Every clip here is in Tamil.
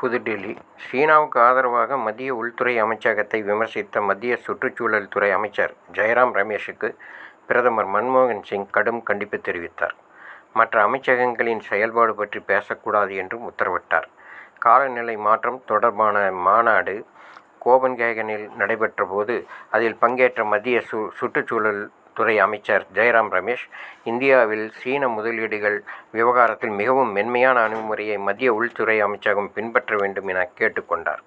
புதுடில்லி சீனாவுக்கு ஆதரவாக மத்திய உள்துறை அமைச்சகத்தை விமர்சித்த மத்திய சுற்றுச்சூழல் துறை அமைச்சர் ஜெய்ராம் ரமேஷுக்கு பிரதமர் மன்மோகன் சிங் கடும் கண்டிப்பு தெரிவித்தார். மற்ற அமைச்சகங்களின் செயல்பாடு பற்றி பேசக்கூடாது என்றும் உத்தரவிட்டார். காலநிலை மாற்றம் தொடர்பான மாநாடு கோபன்ஹேகனில் நடைபெற்ற போது அதில் பங்கேற்ற மத்திய சுற்றுச்சூழல் துறை அமைச்சர் ஜெய்ராம் ரமேஷ் இந்தியாவில் சீன முதலீடுகள் விவகாரத்தில் மிகவும் மென்மையான அணுகுமுறையை மத்திய உள்துறை அமைச்சகம் பின்பற்ற வேண்டும் என கேட்டுக் கொண்டார்.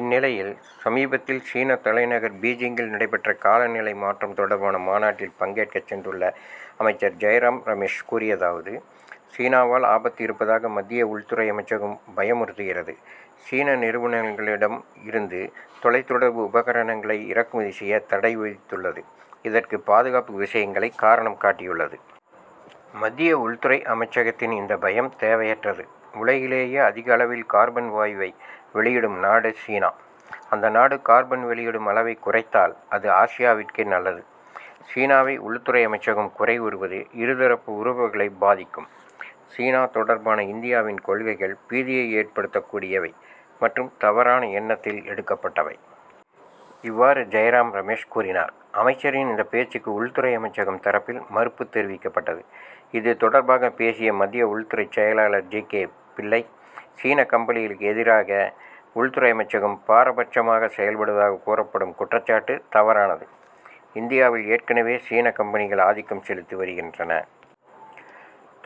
இந்நிலையில் சமீபத்தில் சீன தலைநகர் பீஜிங்கில் நடைபெற்ற காலநிலை மாற்றம் தொடர்பான மாநாட்டில் பங்கேற்கச் சென்றுள்ள அமைச்சர் ஜெய்ராம் ரமேஷ் கூறியதாவது சீனாவால் ஆபத்து இருப்பதாக மத்திய உள்துறை அமைச்சகம் பயமுறுத்துகிறது. சீன நிறுவனங்களிடம் இருந்து தொலைத்தொடர்பு உபகரணங்களை இறக்குமதி செய்ய தடை விதித்துள்ளது. இதற்கு பாதுகாப்பு விஷயங்களை காரணம் காட்டியுள்ளது. மத்திய உள்துறை அமைச்சகத்தின் இந்தப் பயம் தேவையற்றது. உலகிலேயே அதிக அளவில் கார்பன் வாயுவை வெளியிடும் நாடு சீனா. அந்த நாடு கார்பன் வெளியிடும் அளவை குறைத்தால் அது ஆசியாவிற்கே நல்லது. சீனாவை உள்துறை அமைச்சகம் குறை கூறுவது இரு தரப்பு உறவுகளை பாதிக்கும். சீனா தொடர்பான இந்தியாவின் கொள்கைகள் பீதியை ஏற்படுத்தக்கூடியவை மற்றும் தவறான எண்ணத்தில் எடுக்கப்பட்டவை. இவ்வாறு ஜெய்ராம் ரமேஷ் கூறினார். அமைச்சரின் இந்தப் பேச்சுக்கு உள்துறை அமைச்சகம் தரப்பில் மறுப்பு தெரிவிக்கப்பட்டது. இது தொடர்பாக பேசிய மத்திய உள்துறைச் செயலர் ஜி. கே. பிள்ளை சீன கம்பெனிகளுக்கு எதிராக உள்துறை அமைச்சகம் பாரபட்சமாகச் செயல்படுவதாகக் கூறப்படும் குற்றச்சாட்டு தவறானது. இந்தியாவில் ஏற்கனவே சீன கம்பெனிகள் ஆதிக்கம் செலுத்தி வருகின்றன.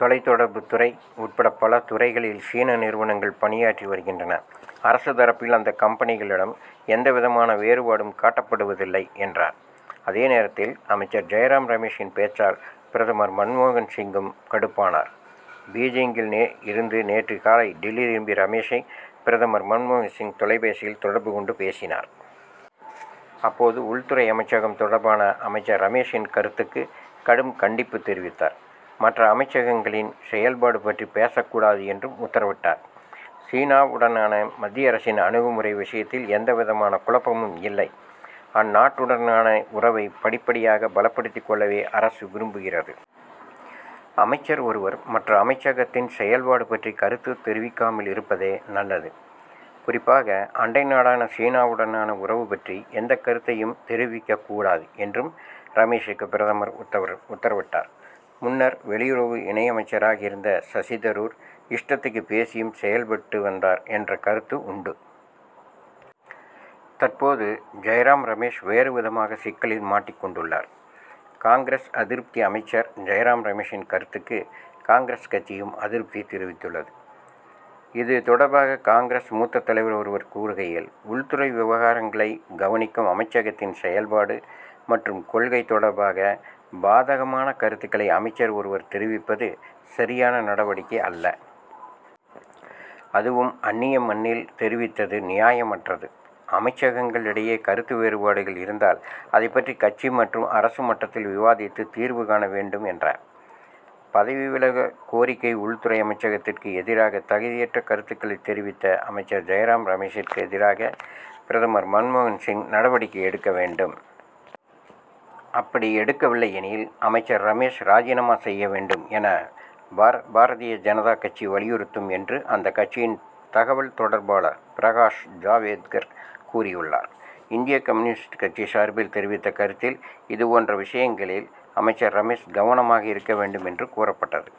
தொலைத்தொடர்புத் துறை உட்பட பல துறைகளில் சீன நிறுவனங்கள் பணியாற்றி வருகின்றன. அரசு தரப்பில் அந்தக் கம்பெனிகளிடம் எந்த விதமான வேறுபாடும் காட்டப்படுவதில்லை என்றார். அதே நேரத்தில் அமைச்சர் ஜெய்ராம் ரமேஷின் பேச்சால் பிரதமர் மன்மோகன் சிங்கும் கடுப்பானார். பீஜிங்கில் இருந்து நேற்று காலை டில்லி திரும்பிய ரமேஷை பிரதமர் மன்மோகன் சிங் தொலைபேசியில் தொடர்பு கொண்டு பேசினார். அப்போது உள்துறை அமைச்சகம் தொடர்பான அமைச்சர் ரமேஷின் கருத்துக்கு கடும் கண்டிப்பு தெரிவித்தார். மற்ற அமைச்சகங்களின் செயல்பாடு பற்றி பேசக்கூடாது என்றும் உத்தரவிட்டார். சீனாவுடனான மத்திய அரசின் அணுகுமுறை விஷயத்தில் எந்த விதமான குழப்பமும் இல்லை. அந்நாட்டுடனான உறவை படிப்படியாக பலப்படுத்திக் கொள்ளவே அரசு விரும்புகிறது. அமைச்சர் ஒருவர் மற்ற அமைச்சகத்தின் செயல்பாடு பற்றி கருத்து தெரிவிக்காமல் இருப்பதே நல்லது. குறிப்பாக அண்டை நாடான சீனாவுடனான உறவு பற்றி எந்தக் கருத்தையும் தெரிவிக்கக்கூடாது என்றும் ரமேஷுக்கு பிரதமர் உத்தரவிட்டார். முன்னர் வெளியுறவு இணையமைச்சராக இருந்த சசி தரூர் இஷ்டத்திற்கு பேசியும் செயல்பட்டு வந்தார் என்ற கருத்து உண்டு. தற்போது ஜெய்ராம் ரமேஷ் வேறு விதமாக சிக்கலில் மாட்டிக் கொண்டுள்ளார். காங்கிரஸ் அதிருப்தி அமைச்சர் ஜெய்ராம் ரமேஷின் கருத்துக்கு காங்கிரஸ் கட்சியும் அதிருப்தி தெரிவித்துள்ளது. இது தொடர்பாக காங்கிரஸ் மூத்த தலைவர் ஒருவர் கூறுகையில் உள்துறை விவகாரங்களை கவனிக்கும் அமைச்சகத்தின் செயல்பாடு மற்றும் கொள்கை தொடர்பாக பாதகமான கருத்துக்களை அமைச்சர் ஒருவர் தெரிவிப்பது சரியான நடவடிக்கை அல்ல. அதுவும் அன்னிய மண்ணில் தெரிவித்தது நியாயமற்றது. அமைச்சகங்கள் இடையே கருத்து வேறுபாடுகள் இருந்தால் அதைப் பற்றி கட்சி மற்றும் அரசு மட்டத்தில் விவாதித்து தீர்வு காண வேண்டும் என்றார். பதவி விலக கோரிக்கை உள்துறை அமைச்சகத்திற்கு எதிராக தகுதியற்ற கருத்துக்களைத் தெரிவித்த அமைச்சர் ஜெய்ராம் ரமேஷிற்கு எதிராக பிரதமர் மன்மோகன் சிங் நடவடிக்கை எடுக்க வேண்டும். அப்படி எடுக்கவில்லையெனில் அமைச்சர் ரமேஷ் ராஜினாமா செய்ய வேண்டும் என பாரதிய ஜனதா கட்சி வலியுறுத்தும் என்று அந்தக் கட்சியின் தகவல் தொடர்பாளர் பிரகாஷ் ஜாவேத்கர் கூறியுள்ளார். இந்திய கம்யூ. கட்சி சார்பில் தெரிவித்த கருத்தில் இது போன்ற விஷயங்களில் அமைச்சர் ரமேஷ் கவனமாக இருக்க வேண்டும் என்று கூறப்பட்டது.